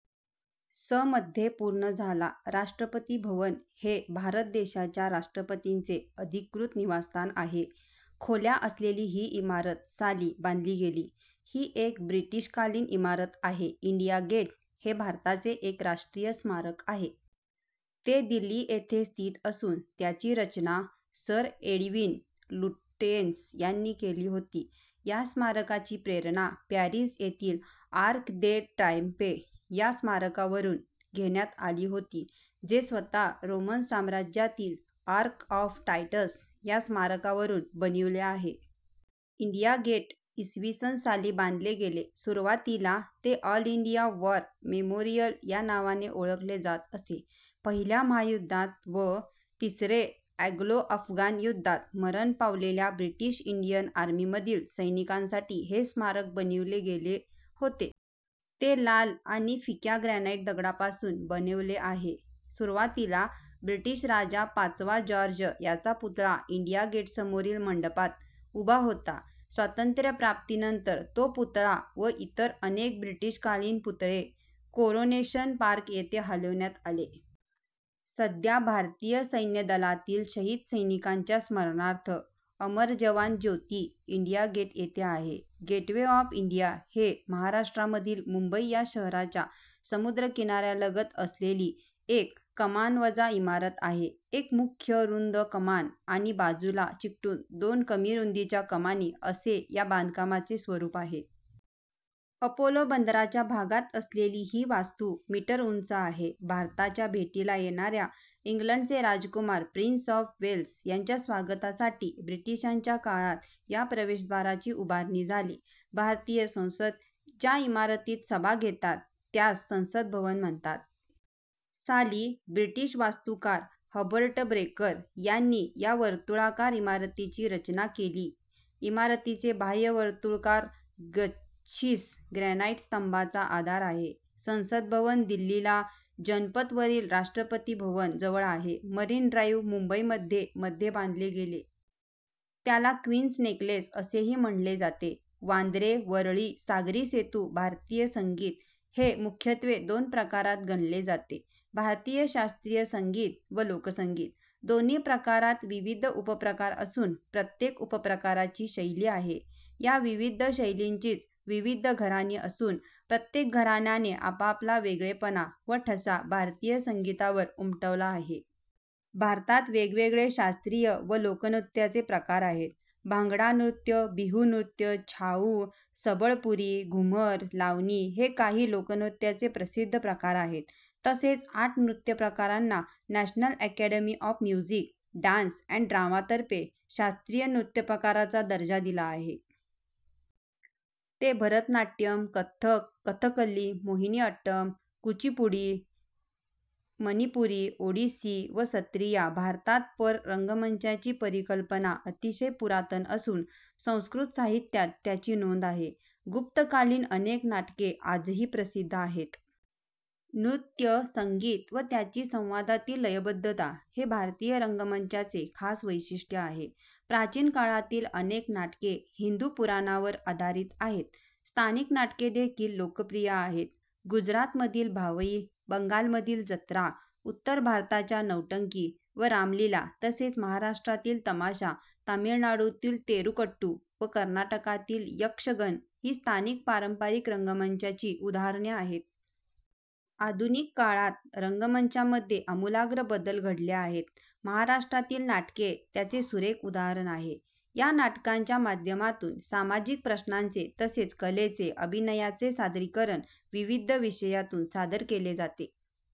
स. मध्ये पूर्ण झाला. राष्ट्रपती भवन हे भारत देशाच्या राष्ट्रपतीचे अधिकृत निवासस्थान आहे. खोल्या असलेली ही इमारत साली बांधली गेली. ही एक ब्रिटिशकालीन इमारत आहे. इंडिया गेट हे भारताचे एक राष्ट्रीय स्मारक आहे. ते दिल्ली येथे स्थित असून त्याची रचना सर एडविन लुटयेन्स यांनी केली होती. या स्मारकाची प्रेरणा पॅरीस येथील आर्क दे ट्रायम्फे या स्मारकावरून घेण्यात आली होती, जे स्वतः रोमन साम्राज्यातील आर्क ऑफ टायटस या स्मारकावरून बनविले आहे. इंडिया गेट इ. स. साली बांधले गेले. सुरुवातीला ते ऑल इंडिया वॉर मेमोरिअल या नावाने ओळखले जात असे. पहिल्या महायुद्धात व तिसरे ॲंग्लो-अफगाण युद्धात मरण पावलेल्या ब्रिटिश इंडियन आर्मीमधील सैनिकांसाठी हे स्मारक बनविले गेले होते. ते लाल आणि फिक्या ग्रॅनाइट दगडांपासून बनविले आहे. सुरुवातीला ब्रिटिश राजा पाचवा जॉर्ज याचा पुतळा इंडिया गेटसमोरील मंडपात उभा होता. स्वातंत्र्यप्राप्तीनंतर तो पुतळा व इतर अनेक ब्रिटिशकालीन पुतळे कोरोनेशन पार्क येथे हलविण्यात आले. सध्या भारतीय सैन्यदलातील शहीद सैनिकांच्या स्मरणार्थ अमर जवान ज्योती इंडिया गेट येथे आहे. गेटवे ऑफ इंडिया हे महाराष्ट्रामधील मुंबई या शहराच्या समुद्र किनाऱ्यालगत असलेली एक कमानवजा इमारत आहे. एक मुख्य रुंद कमान आणि बाजूला चिकटून दोन कमी रुंदीच्या कमानी असे या बांधकामाचे स्वरूप आहे. अपोलो बंदराच्या भागात असलेली ही वास्तू मीटर उंच आहे. भारताच्या भेटीला येणाऱ्या इंग्लंडचे राजकुमार प्रिन्स ऑफ वेल्स यांच्या स्वागतासाठी ब्रिटिशांच्या काळात या प्रवेशद्वाराची उभारणी झाली. भारतीय संसद ज्या इमारतीत सभा घेतात त्यास संसद भवन म्हणतात. – साली ब्रिटिश वास्तुकार हर्बट ब्रेकर यांनी या वर्तुळकार इमारतीची रचना केली. इमारतीचे बाह्य वर्तुळकार गच्छीस ग्रेनाइट स्तंभांचा आधार आहे. संसद भवन दिल्लीला जनपथ वरील राष्ट्रपतीभवन जवळ आहे. मरीन ड्राइव्ह मुंबई मध्ये मध्ये बांधले गेले. त्याला क्वीन'स नेकलेस असेही म्हणले जाते. वांद्रे – वरळी सागरीसेतू भारतीय संगीत हे मुख्यत्वे दोन प्रकारात गणले जाते. भारतीय शास्त्रीय संगीत व लोकसंगीत. दोन्ही प्रकारात विविध उपप्रकार असून प्रत्येक उपप्रकाराची शैली आहे. या विविध शैलींचीच विविध घराणी असून प्रत्येक घराण्याने आपापला वेगळेपणा व ठसा भारतीय संगीतावर उमटवला आहे. भारतात वेगवेगळे शास्त्रीय व लोकनृत्या चे प्रकार आहेत. भांगडा नृत्य, बिहु नृत्य, छाऊ, संबळपुरी, घूमर, लावणी हे काही लोकनृत्याचे प्रसिद्ध प्रकार आहेत. तसेच आठ नृत्यप्रकारांना national academy of music, dance and ड्रामातर्फे शास्त्रिय नृत्यप्रकाराचा दर्जा दिला आहे. ते भरतनाट्यम्, कथ्थक, कथकल्ली, मोहिनीअट्टम्, कुचिपुडी, मणिपुरी, ओडिसी व सत्रीया भारतात पर रंगमंचाची परिकल्पना अतिशय पुरातन असून संस्कृत साहित्यात त्यांची नोंद आहे. गुप्त कालीन अनेक नाटके आजही प्रसिद्ध आहेत. नृत्य, संगीत व त्यांची संवादातील लयबद्धता हे भारतीय रंगमंचाचे खास वैशिष्ट्ये आहे. प्राचीन काळातील अनेक नाटके हिंदू पुराणांवर आधारित आहेत. स्थानिक नाटके देखील लोकप्रिय आहेत. गुजराथमधील भावई, बंगालमधील जत्रा, उत्तर भारताच्या नौटंकी व रामलिला तसेच महाराष्ट्रातील तमाशा, तमिळनाडूतील तेरुकूट्टू व कर्नाटकातील यक्षगण ही स्थानिक पारंपरिक रंगामंचाची उदाहरणे आहेत. आधुनिक काळात रंगमंचामध्ये आमूलाग्र बदल घडले आहेत. महाराष्ट्रातील नाटके त्याचे सुरेख उदाहरण आहे. या नाटकांच्या माध्यमातून सामाजिक प्रश्नांचे तसेच कलेचे, अभिनयाचे सादरीकरण विविध विषयातून सादर केले जाते.